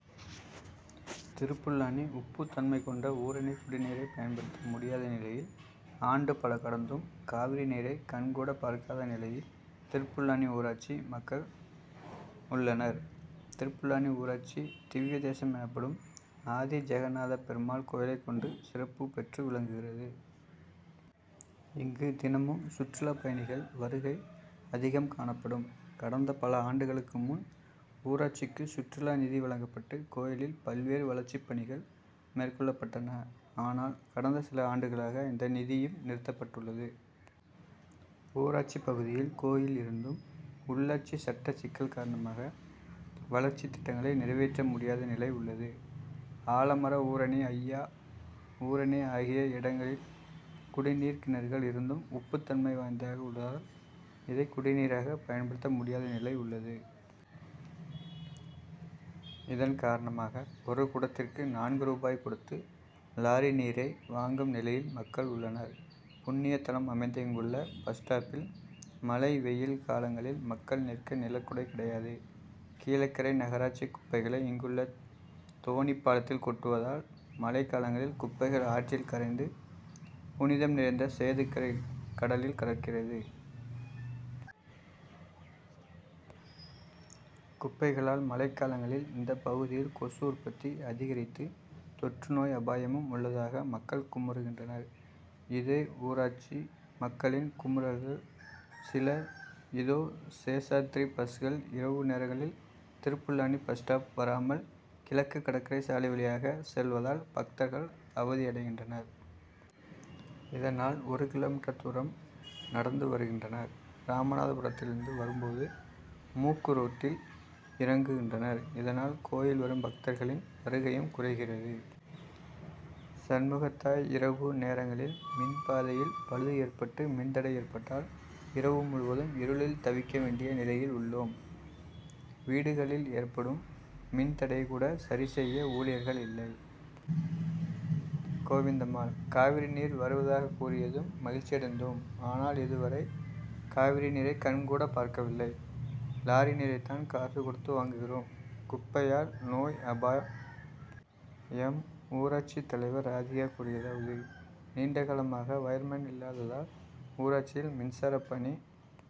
திருப்புல்லாணி உப்பு தன்மை கொண்ட ஊரணி குடி நீரை பயன்ப டுத்த முடி யாத நிலை யில், ஆண்டு பல கடந்தும் காவிரி நீரை கண் கூட பார்க்காத நிலை யில் திருப்புல்லாணி ஊராட்சி மக்கள் உள்ள னர். திருப்புல்லாணி ஊரா டசி திவ்ய தே சம் எனப்ப டும் ஆதி ஜெக நாத பெரு மாள் கோயிலை கொண்டு சிறப்பு பெற்று விளங்கு கி றது. இங்கு தின மும் சுற்றுலா பய ணி கள் வருகை அதி கம் காணப்ப டும். கடந்த பல ஆண்டு க ளுக்கு முன் ஊராட்சிக்கு சுற்றுலா நிதி வழங்கப்பட்டு கோயி லில் பல்வேறு வளர்ச்சி பணி கள் மேற்கொள்ளப் பட்டன. ஆனால் கடந்த சில ஆண்டு களாக இந்த நிதி யும் நிறுத்தப்பட்டுள்ளது. ஊராட்சி பகு தி யில் கோயில் இருந்தும், உள்ளாட்சி சட்ட சிக்கல் கார ண மாக வளர்ச்சி திட்டங்களை நிறை வேற்ற மு டி யாத நிலை உள்ளது. ஆல மர ஊரணி, ஐயா ஊரணி ஆகிய இடங்க ளில் குடி நீர் கிண று கள் இருந்தும் உப்பு தன்மை வாய்ந்தாக உள்ள தால் இதை குடி நீ ராக பயன்ப டுத்த முடி யாத நிலை உள்ளது. இதன் கார ண மாக ஒரு குடத்திற்கு நான்கு ரூபாய் கொடுத்து லாரி நீரை வாங்கும் நிலை யில் மக்கள் உள்ள னர். புண்ணி ய த லம் அமைந்த இங்குள்ள பஸ்ஸ்டாப்பில் மழை, வெயில் காலங்க ளில் மக்கள் நிற்க நிழற்குடை கிடை யாது. கீழக்கரை நக ராட்சி குப்பை களை இங்குள்ள தோணிப்பா லத்தில் கொட்டு வ தால், மழை காலங்க ளில் குப்பை கள் ஆற்றில் கரைந்து புனி தம் நிறைந்த சேதுக்கரை கட லில் கலக்கி றது. குப்பை களால் மழை காலங்க ளில் இந்த பகு தி யில் கொசு உற்பத்தி அதி க ரித்து தொற்று நோய் அபா ய மும் உள்ள தாக மக்கள் குமு று கின்ற னர். இதோ ஊராட்சி மக்க ளின் குமு றல்கள் சில இதோ சேஷாத்தி ரி பஸ்கள் இரவு நேரங்க ளில் திருப்புல் லாணி பஸ்ஸ்டாப் வரா மல், கிழக்கு கடற்கரை சாலை வழி யாக செல்வ தால் பக்தர்கள் அவ தி ய டை கின்ற னர். இத னால் ஒரூ கி. மீ.,தூரம் நடந்து வரு கின்ற னர். ராம நா த பு ரத்தி லி ருந்து வரும் போது மூக்கு ரோட்டில் இறங்கு கின்ற னர். இத னால் கோயில் வரும் பக்தர்க ளின் வரு கை யும் குறை கி றது. சண்மு கத்தாய் இரவு நேரங்க ளில் மின் பாதை யில் பழுது ஏற்பட்டு மின் தடை ஏற்பட்டால் இரவு முழு வ தும் இரு ளில் தவி கக வேண்டிய நிலை யில் உள்ளோம். வீடு க ளில் ஏற்ப டும் மின் தடையை கூட சரி செய்ய ஊழி யர்கள் இல்லை. கோவிந்தம்மாள் காவிரி நீர் வரு வ தாக கூறி ய தும் மகிழ்ச்சி அடைந் தோம். ஆனால் இது வரை காவிரி நீரை கண்கூட பார்க்க வில்லை. லாரி நீரை தான் காசு கொ டுத்து வாங்கு கி றோம். குப்பை யால் நோய் அபா யம் ஊராட்சி தலை வர் ராதிகா கூறி ய தா வது நீண்ட கால மாக வயர்மேன் இல்லா த தால் ஊராட்சி யில் மின்சார பணி